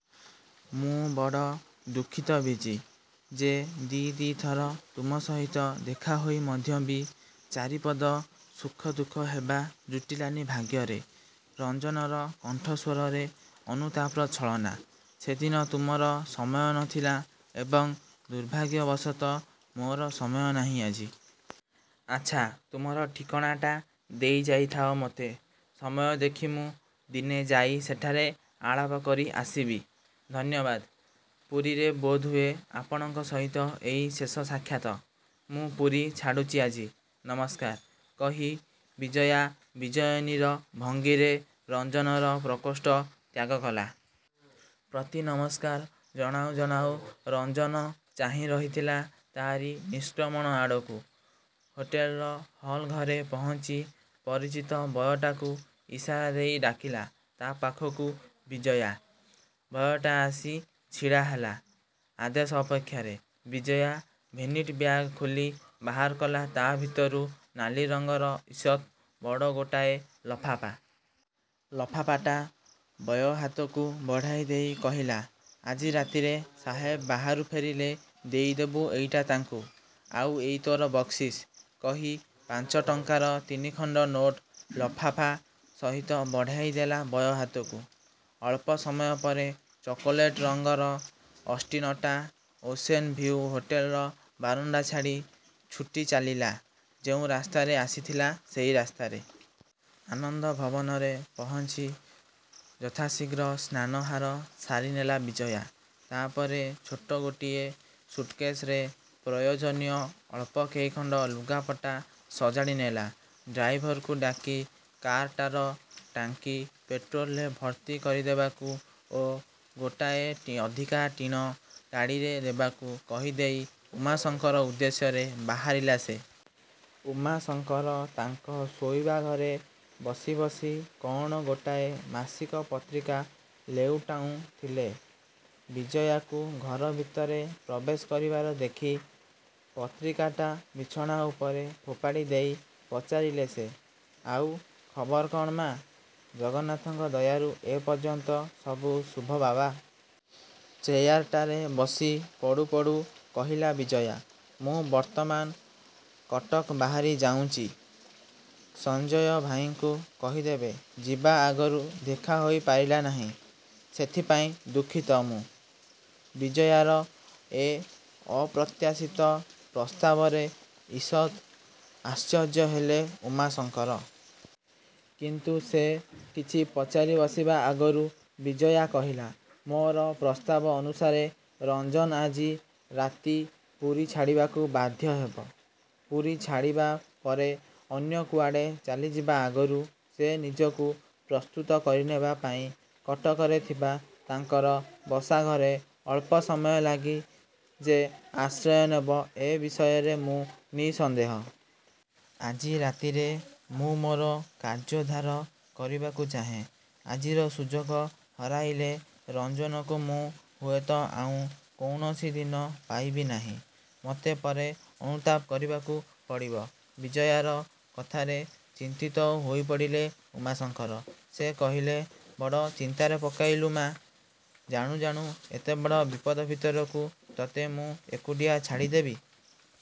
"ମୁଁ ବଡ଼ ଦୁଃଖିତ ବିଜୀ, ଯେ ଦି'ଦି' ଥର ତୁମ ସହିତ ଦେଖା ହୋଇ ମଧ୍ୟ ବି, ଚାରିପଦ ସୁଖ ଦୁଃଖ ହେବା ଜୁଟିଲାନି ଭାଗ୍ୟରେ। '' ରଞ୍ଜନର କଣ୍ଠସ୍ଵରରେ ଅନୁତାପର ଛଳନା। "ସେଦିନ ତୁମର ସମୟ ନ ଥିଲା ଏବଂ ଦୁର୍ଭାଗ୍ୟ ବଶତଃ ମୋର ସମୟ ନାହିଁ ଆଜି। ଆଚ୍ଛା ତୁମର ଠିକଣାଟା ଦେଇ ଯାଇଥାଅ ମୋତେ। ସମୟ ଦେଖି ମୁଁ ଦିନେ ଯାଇଁ ସେଠାରେ ଆଳାପ କରି ଆସିବି। '' "ଧନ୍ୟବାଦ। ପୁରୀରେ ବୋଧହୁଏ ଆପଣଙ୍କ ସହିତ ଏଇ ଶେଷ ସାକ୍ଷାତ। ମୁଁ ପୁରୀ ଛାଡ଼ୁଚି ଆଜି। ନମସ୍କାର। '' କହି ବିଜୟା ବିଜୟିନୀର ଭଙ୍ଗିରେ ରଞ୍ଜନର ପ୍ରକୋଷ୍ଠ ତ୍ୟାଗକଲା। ପ୍ରତି ନମସ୍କାର ଜଣାଉ ଜଣାଉ ରଞ୍ଜନ ଚାହିଁ ରହିଥିଲା ତା'ରି ନିଷ୍କ୍ରମଣ ଆଡ଼କୁ। ହୋଟେଲର ହଲ ଘରେ ପହଞ୍ଚି ପରିଚିତ ବୟଟାକୁ ଇସାରା ଦେଇ ଡାକିଲା ତା' ପାଖକୁ ବିଜୟା। ବୟଟା ଆସି ଛିଡ଼ା ହେଲା ଆଦେଶ ଅପେକ୍ଷାରେ। ବିଜୟା ଭେନିଟିବ୍ୟାଗ ଖୋଲି ବାହାର କଲା ତା' ଭିତରୁ ନାଲି ରଙ୍ଗର ଇଷତ୍ ବଡ଼ ଗୋଟାଏ ଲଫାପା। ଲଫାପାଟା ବୟ ହାତକୁ ବଢ଼ାଇ ଦେଇ କହିଲା— "ଆଜି ରାତିରେ ସାହେବ ବାହାରୁ ଫେରିଲେ ଦେଇଦେବୁ ଏଇଟା ତାଙ୍କୁ। ଆଉ ଏଇ ତୋର ବକ୍ସିସ। '' କହି ପାଞ୍ଚଟଙ୍କାର ତିନିଖଣ୍ତ ନୋଟ୍ ଲଫାଫା ସହିତ ବଢ଼ାଇ ଦେଲା ବୟ ହାତକୁ। ଅଳ୍ପସମୟ ପରେ ଚକୋଲେଟ ରଙ୍ଗର ଅଷ୍ଟିନଟା ଓସେନଭିଉ ହୋଟେଲର ବାରଣ୍ତା ଛାଡ଼ି ଛୁଟି ଚାଲିଲା ଯେଉଁ ରାସ୍ତାରେ ଆସିଥିଲା ସେଇ ରାସ୍ତାରେ। ଆନନ୍ଦ ଭବନରେ ପହଞ୍ଚି ଯଥାଶିଘ୍ର ସ୍ନାନହାର ସାରିନେଲା ବିଜୟା। ତା'ପରେ ଛୋଟ ଗୋଟିଏ ସୁଟକେଶରେ ପ୍ରୟୋଜନୀୟ ଅଳ୍ପ କେଇଖଣ୍ତ ଲୁଗାପଟା ସଜାଡ଼ି ନେଲା। ଡ୍ରାଇଭରକୁ ଡାକି କାରଟାର ଟାଙ୍କି ପେଟ୍ରୋଲରେ ଭର୍ତ୍ତି କରି ଦେବାକୁ ଓ ଗୋଟାଏ ଅଧିକା ଟିଣ ଗାଡ଼ିରେ ଦେବାକୁ କହିଦେଇ ଉମାଶଙ୍କର ଉଦ୍ଦେଶ୍ୟରେ ବାହାରିଲା ସେ। ଉମାଶଙ୍କର ତାଙ୍କ ଶୋଇବା ଘରେ ବସି ବସି କ'ଣ ଗୋଟାଏ ମାସିକ ପତ୍ରିକା ଲେଉଟାଉଁଥିଲେ। ବିଜୟାକୁ ଘର ଭିତରେ ପ୍ରବେଶ କରିବାର ଦେଖି ପତ୍ରିକାଟା ବିଛଣା ଉପରେ ଫୋପାଡ଼ି ଦେଇ ପଚାରିଲେ ସେ— ଆଉ! ଖବର କ'ଣ ମା! '' "ଜଗନ୍ନାଥଙ୍କ ଦୟାରୁ ଏ ପର୍ଯ୍ୟନ୍ତ ସବୁ ଶୁଭ ବାବା। '' ଚେୟାରଟାରେ ବସି ପଡ଼ୁ ପଡ଼ୁ କହିଲା ବିଜୟା। "ମୁଁ ବର୍ତ୍ତମାନ କଟକ ବାହାରି ଯାଉଁଚି-। ସଞ୍ଜୟ ଭାଇଙ୍କୁ କହିଦେବେ ଯିବା ଆଗରୁ ଦେଖା ହୋଇ ପାରିଲା ନାହିଁ, ସେଥିପାଇଁ ଦୁଃଖିତ ମୁଁ-। '' ବିଜୟାର ଏ ଅପ୍ରତ୍ୟାଶିତ ପ୍ରସ୍ତାବରେ ଇଷତ ଆଶ୍ଚର୍ଯ୍ୟ ହେଲେ ଉମାଶଙ୍କର। କିନ୍ତୁ ସେ କିଛି ପଚାରି ବସିବା ଆଗରୁ ବିଜୟା କହିଲା— ମୋର ପ୍ରସ୍ତାବ ଅନୁସାରେ ରଞ୍ଜନ ଆଜି ରାତି ପୁରୀ ଛାଡ଼ିବାକୁ ବାଧ୍ୟ ହେବ। ପୁରୀ ଛାଡ଼ିବା ପରେ ଅନ୍ୟ କୁଆଡ଼େ ଚାଲିଯିବା ଆଗରୁ ସେ ନିଜକୁ ପ୍ରସ୍ତୁତ କରିନେବା ପାଇଁ କଟକରେ ଥିବା ତାଙ୍କର ବସାଘରେ ଅଳ୍ପସମୟଲାଗି ଯେ ଆଶ୍ରୟ ନେବ ଏ ବିଷୟରେ ମୁଁ ନିଃସନ୍ଦେହ। ଆଜି ରାତିରେ ମୁଁ ମୋର କାର୍ଯ୍ୟୋଦ୍ଧାର କରିବାକୁ ଚାହେଁ। ଆଜିର ସୁଯୋଗ ହରାଇଲେ ରଞ୍ଜନକୁ ମୁଁ ହୁଏତ ଆଉଁ କୌଣସି ଦିନ ପାଇବି ନାହିଁ। ମୋତେ ପରେ ଅନୁତାପ କରିବାକୁ ପଡ଼ିବ। ବିଜୟାର କଥାରେ ଚିନ୍ତିତ ହୋଇ ପଡ଼ିଲେ ଉମାଶଙ୍କର। ସେ କହିଲେ— "ବଡ଼ ଚିନ୍ତାରେ ପକାଇଲୁ ମା! ଜାଣୁ ଜାଣୁ ଏତେବଡ଼ ବିପଦ ଭିତରକୁ ତୋତେ ମୁଁ ଏକୁଟିଆ ଛାଡ଼ିଦେବି